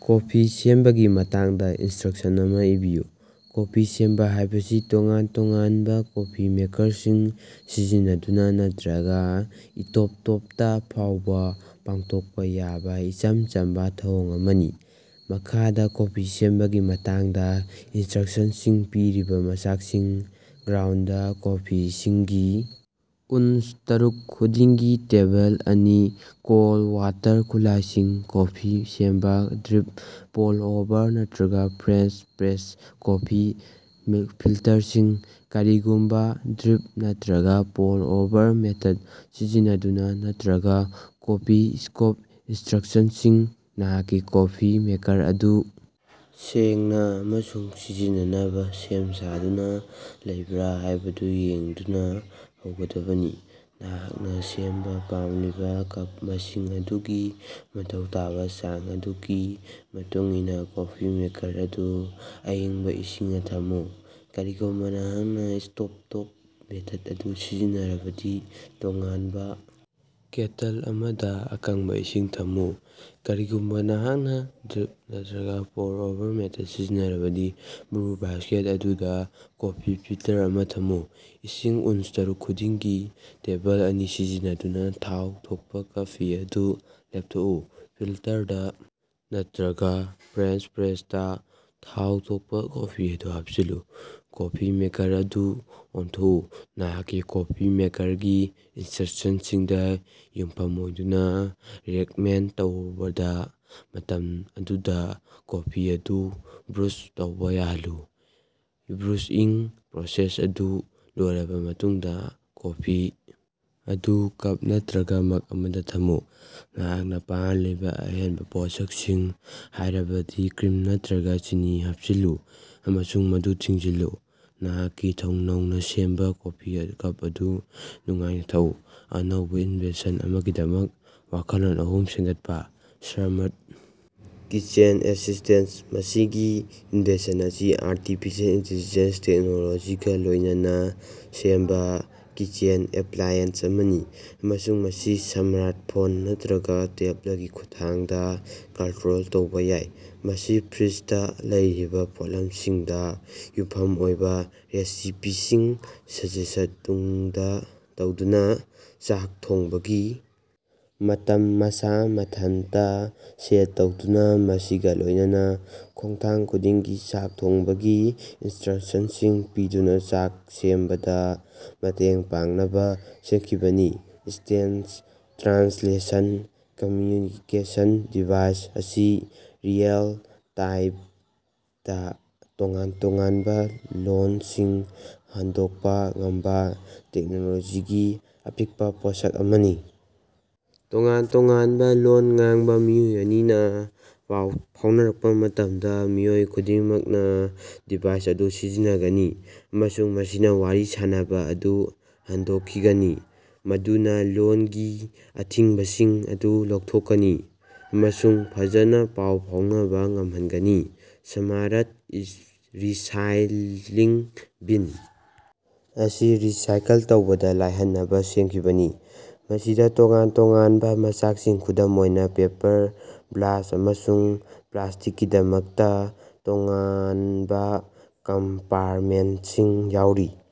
Coffee ꯁꯦꯝꯕꯒꯤ ꯃꯇꯥꯡꯗꯥ instruction ꯑꯃꯥ ꯏꯕꯤꯌꯨ꯫ ꯀꯣꯐꯤ ꯁꯦꯝꯕꯥ ꯍꯥꯏꯕꯁꯤ ꯇꯣꯉꯥꯟ ꯇꯣꯉꯥꯟꯕꯥ ꯀꯣꯐꯤ ꯃꯦꯀꯔꯁꯤꯡ ꯁꯤꯖꯤꯟꯅꯗꯨꯅꯥ ꯅꯠꯇ꯭ꯔꯒꯥ ꯁ꯭ꯇꯣꯕꯇꯣꯞꯇꯥ ꯐꯥꯎꯕꯥ ꯄꯥꯡꯊꯣꯛꯄꯥ ꯌꯥꯕꯥ ꯏꯆꯝ ꯆꯝꯕꯥ ꯊꯧꯑꯣꯡ ꯑꯃꯅꯤ꯫ ꯃꯈꯥꯗꯥ ꯀꯣꯐꯤ ꯁꯦꯝꯕꯒꯤ ꯃꯇꯥꯡꯗꯥ ꯏꯟꯁ꯭ꯠꯔꯛꯁꯟꯁꯤꯡ ꯄꯤꯔꯤ ꯃꯆꯥꯛꯁꯤꯡ ꯒ꯭ꯔꯥꯎꯟꯗ ꯀꯣꯐꯤ ꯏꯁꯤꯡꯒꯤ ꯑꯎꯟꯁ ꯇꯔꯨꯛ ꯈꯨꯗꯤꯡꯒꯤ ꯇꯦꯕꯜ ꯑꯅꯤ ꯀꯣꯜꯗ ꯋꯥꯇꯔ ꯈꯨꯠꯂꯥꯏꯁꯤꯡ ꯀꯣꯐꯤ ꯁꯦꯝꯕꯥ ꯗ꯭ꯔꯤꯞ, ꯄꯣꯔ ꯑꯣꯚꯔ, ꯅꯠꯇ꯭ꯔꯒꯥ ꯐ꯭ꯔꯦꯟꯆ ꯄ꯭ꯔꯦꯁ ꯀꯣꯐꯤ ꯐꯤꯜꯇꯔꯁꯤꯡ ꯀꯔꯤꯒꯨꯝꯕꯥ ꯗ꯭ꯔꯤꯞ ꯅꯠꯇ꯭ꯔꯒꯥ ꯄꯣꯔ ꯑꯣꯚꯔ ꯃꯦꯊꯗ ꯁꯤꯖꯤꯟꯅꯗꯨꯅꯥ ꯅꯠꯇ꯭ꯔꯒꯥ ꯀꯣꯐꯤ ꯁ꯭ꯀꯣꯞ ꯏꯟꯁ꯭ꯠꯔꯛꯁꯟꯁꯤꯡ ꯅꯍꯥꯛꯀꯤ ꯀꯣꯐꯤ ꯃꯦꯀꯔ ꯑꯗꯨ ꯁꯦꯡꯅꯥ ꯑꯃꯁꯨꯡ ꯁꯤꯖꯤꯟꯅꯅꯕꯥ ꯁꯦꯝ ꯁꯥꯗꯨꯅꯥ ꯂꯩꯕ꯭ꯔꯥ ꯍꯥꯏꯕꯗꯨ ꯌꯦꯡꯗꯨꯅꯥ ꯍꯧꯒꯗꯕꯅꯤ꯫ ꯅꯍꯥꯛꯅꯥ ꯁꯦꯝꯕꯥ ꯄꯥꯝꯂꯤꯕꯥ ꯀꯞ ꯃꯁꯤꯡ ꯑꯗꯨꯒꯤ ꯃꯊꯧ ꯇꯥꯕꯥ ꯆꯥꯡ ꯑꯗꯨꯒꯤ ꯃꯇꯨꯡꯏꯟꯅꯥ ꯀꯣꯐꯤ ꯃꯦꯀꯔ ꯑꯗꯨ ꯑꯏꯪꯕꯥ ꯏꯁꯤꯡꯅꯥ ꯊꯝꯃꯨ꯫ ꯀꯔꯤꯒꯨꯝꯕꯥ ꯅꯍꯥꯛꯅꯥ ꯁ꯭ꯇꯣꯕꯇꯣꯞ ꯃꯦꯊꯗ ꯑꯗꯨ ꯁꯤꯖꯤꯟꯅꯔꯕꯗꯤ, ꯇꯣꯉꯥꯟꯕꯥ ꯀꯦꯇꯜ ꯑꯃꯗꯥ ꯑꯀꯪꯕꯥ ꯏꯁꯤꯡ ꯊꯝꯃꯨ꯫ ꯀꯔꯤꯒꯨꯝꯕꯥ ꯅꯍꯥꯛꯅꯥ ꯗ꯭ꯔꯤꯞ ꯅꯠꯇ꯭ꯔꯒꯥ ꯄꯣꯔ ꯑꯣꯚꯔ ꯃꯦꯊꯗ ꯁꯤꯖꯤꯟꯅꯔꯕꯗꯤ ꯕ꯭ꯔꯨ ꯕꯥꯁ꯭ꯀꯦꯠ ꯑꯗꯨꯗꯥ ꯀꯣꯐꯤ ꯐꯤꯜꯇꯔ ꯑꯃꯥ ꯊꯝꯃꯨ꯫ ꯏꯁꯤꯡ ꯑꯎꯟꯁ ꯇꯔꯨꯛ ꯈꯨꯗꯤꯡꯒꯤ ꯇꯦꯕꯜ ꯑꯅꯤ ꯁꯤꯖꯤꯟꯅꯗꯨꯅꯥ ꯊꯥꯎ ꯊꯣꯛꯄꯥ ꯀꯐꯤ ꯑꯗꯨ ꯂꯦꯞꯊꯣꯛꯎ꯫ ꯐꯤꯜꯇꯔꯗꯥ ꯅꯠꯇ꯭ꯔꯒꯥ ꯐ꯭ꯔꯦꯟꯆ ꯄ꯭ꯔꯦꯁꯇꯥ ꯊꯥꯎ ꯊꯣꯀꯄꯥ ꯀꯣꯐꯤ ꯑꯗꯨ ꯍꯥꯄꯆꯤꯜꯂꯨ꯫ ꯀꯣꯐꯤ ꯃꯦꯀꯔ ꯑꯗꯨ ꯑꯣꯟꯊꯣꯀꯎ꯫ ꯅꯍꯥꯛꯀꯤ ꯀꯣꯐꯤ ꯃꯦꯀꯔꯒꯤ ꯏꯟꯁ꯭ꯠꯔꯛꯁꯟꯁꯤꯡꯗꯥ ꯌꯨꯝꯐꯝ ꯑꯣꯏꯗꯨꯅꯥ ꯔꯦꯀꯃꯦꯟꯗ ꯇꯧꯔꯕꯥ ꯃꯇꯝ ꯑꯗꯨꯗꯥ ꯀꯣꯐꯤ ꯑꯗꯨ ꯕ꯭ꯔꯨꯖ ꯇꯧꯕ ꯌꯥꯍꯜꯂꯨ꯫ ꯕ꯭ꯔꯨꯏꯪ ꯄ꯭ꯔꯣꯁꯦꯁ ꯑꯗꯨ ꯂꯣꯏꯔꯕꯥ ꯃꯇꯨꯡꯗꯥ, ꯀꯣꯐꯤ ꯑꯗꯨ ꯀꯞ ꯅꯠꯇ꯭ꯔꯒꯥ ꯃꯒ ꯑꯃꯗꯥ ꯊꯝꯃꯨ꯫ ꯅꯍꯥꯛꯅꯥ ꯄꯥꯝꯂꯤꯕꯥ ꯑꯍꯦꯟꯕꯥ ꯄꯣꯠꯁꯛꯁꯤꯡ, ꯍꯥꯏꯕꯗꯤ ꯀ꯭ꯔꯤꯝ ꯅꯠꯇ꯭ꯔꯒꯥ ꯆꯤꯅꯤ, ꯍꯥꯞꯆꯤꯜꯂꯨ ꯑꯃꯁꯨꯡ ꯃꯗꯨ ꯊꯤꯡꯖꯤꯜꯂꯨ꯫ ꯅꯍꯥꯛꯀꯤ ꯅꯧꯅꯥ ꯁꯦꯝꯕꯥ ꯀꯣꯐꯤ ꯀꯞ ꯑꯗꯨ ꯅꯨꯡꯉꯥꯏꯅꯥ ꯊꯛꯎ꯫ ꯑꯅꯧꯕꯥ ꯏꯟꯚꯦꯟꯁꯟ ꯑꯃꯒꯤꯗꯃꯛ ꯋꯥꯈꯜꯂꯣꯟ ꯑꯍꯨꯝ ꯁꯦꯝꯒꯠꯄꯥ꯫ ꯁ꯭ꯃꯥꯔꯠ ꯀꯤꯆꯦꯟ ꯑꯦꯁꯤꯁ꯭ꯇꯦꯟꯇ ꯃꯁꯤꯒꯤ ꯏꯟꯚꯦꯟꯁꯟ ꯑꯁꯤ ꯑꯥꯔꯇꯤꯐꯤꯁꯤꯑꯦꯜ ꯏꯟꯇꯤꯂꯤꯖꯦꯟꯁ ꯇꯦꯛꯅꯣꯂꯣꯖꯤꯒꯥ ꯂꯣꯏꯅꯅꯥ ꯁꯦꯝꯕꯥ ꯀꯤꯆꯦꯟ ꯑꯦꯞꯂꯥꯏꯑꯦꯟꯁ ꯑꯃꯅꯤ ꯑꯃꯁꯨꯡ ꯃꯁꯤ ꯁ꯭ꯃꯥꯔꯠꯐꯣꯟ ꯅꯠꯔꯒꯥ ꯇꯦꯕꯂꯒꯤ ꯈꯨꯠꯊꯥꯡꯗꯥ ꯀꯟꯠꯔꯣꯜ ꯇꯧꯕ ꯌꯥꯏ꯫ ꯃꯁꯤ ꯐ꯭ꯔꯤꯖꯗꯥ ꯂꯩꯔꯤꯕꯥ ꯄꯣꯠꯂꯝꯁꯤꯡꯗꯥ ꯌꯨꯝꯐꯝ ꯑꯣꯏꯕꯥ ꯔꯦꯁꯤꯄꯤꯁꯤꯡ ꯁꯖꯦꯁ꯭ꯠ ꯇꯧꯗꯨꯅꯥ, ꯆꯥꯛ ꯊꯣꯡꯕꯒꯤ ꯃꯇꯝ ꯃꯁꯥ ꯃꯊꯟꯇꯥ ꯁꯦꯠ ꯇꯧꯗꯨꯅꯥ, ꯃꯁꯤꯒꯥ ꯂꯣꯏꯅꯅꯥ ꯈꯣꯡꯊꯥꯡ ꯈꯨꯗꯤꯡꯒꯤ ꯆꯥꯛ ꯊꯣꯡꯕꯒꯤ ꯏꯟꯁ꯭ꯠꯔꯛꯁꯟꯁꯤꯡ ꯄꯤꯗꯨꯅꯥ ꯆꯥꯛ ꯁꯦꯝꯕꯗꯥ ꯃꯇꯦꯡ ꯄꯥꯡꯅꯕꯥ ꯁꯦꯝꯈꯤꯕꯅꯤ꯫ ꯏꯅꯁ꯭ꯇꯦꯟꯇ ꯇ꯭ꯔꯥꯟꯁꯂꯦꯁꯟ ꯀꯝꯃꯌꯨꯅꯤꯀꯦꯁꯟ ꯗꯤꯚꯥꯏꯁ ꯑꯁꯤ ꯔꯤꯑꯦꯜ-ꯇꯥꯏꯝꯗꯥ ꯇꯣꯉꯥꯟ ꯇꯣꯉꯥꯟꯕꯥ ꯂꯣꯟꯁꯤꯡ ꯍꯟꯗꯣꯛꯄꯥ ꯉꯝꯕꯥ ꯇꯦꯛꯅꯣꯂꯣꯖꯤꯒꯤ ꯑꯄꯤꯛꯄꯥ ꯄꯣꯠꯁꯛ ꯑꯃꯅꯤ꯫ ꯇꯣꯉꯥꯟ ꯇꯣꯉꯥꯟꯕꯥ ꯂꯣꯟ ꯉꯥꯡꯕꯥ ꯃꯤꯑꯣꯏ ꯑꯅꯤꯅꯥ ꯄꯥꯎ ꯐꯥꯎꯅꯔꯛꯄꯥ ꯃꯇꯝꯗꯥ ꯃꯤꯑꯣꯏ ꯈꯨꯗꯤꯡꯃꯛꯅꯥ ꯗꯤꯚꯥꯏꯁ ꯑꯗꯨ ꯁꯤꯖꯤꯟꯅꯒꯅꯤ ꯑꯃꯁꯨꯡ ꯃꯁꯤꯅꯥ ꯋꯥꯔꯤ ꯁꯥꯅꯕꯥ ꯑꯗꯨ ꯍꯟꯗꯣꯛꯈꯤꯒꯅꯤ, ꯃꯗꯨꯅꯥ ꯂꯣꯟꯒꯤ ꯑꯊꯤꯡꯕꯁꯤꯡ ꯑꯗꯨ ꯂꯧꯊꯣꯛꯀꯅꯤ ꯑꯃꯁꯨꯡ ꯐꯖꯅꯥ ꯄꯥꯎ ꯐꯥꯎꯅꯕꯥ ꯉꯝꯍꯟꯒꯅꯤ꯫ ꯁ꯭ꯃꯥꯔꯠ ꯔꯤꯁꯥꯏꯛꯂꯤꯡ ꯕꯤꯟ ꯑꯁꯤ ꯔꯤꯁꯥꯏꯀꯜ ꯇꯧꯕꯗꯥ ꯂꯥꯏꯍꯟꯅꯕꯥ ꯁꯦꯝꯈꯤꯕꯅꯤ, ꯃꯁꯤꯗꯥ ꯇꯣꯉꯥꯟ ꯇꯣꯉꯥꯟꯕꯥ ꯃꯆꯥꯛꯁꯤꯡ, ꯈꯨꯗꯝ ꯑꯣꯏꯅꯥ ꯄꯦꯄꯔ, ꯒ꯭ꯂꯥꯁ, ꯑꯃꯁꯨꯡ ꯄ꯭ꯂꯥꯁ꯭ꯇꯤꯛꯀꯤꯗꯃꯛꯇꯥ ꯇꯣꯉꯥꯅꯕꯥ ꯀꯝꯄꯥꯔꯇꯃꯦꯟꯠꯁꯤꯡ ꯌꯥꯎꯔꯤ꯫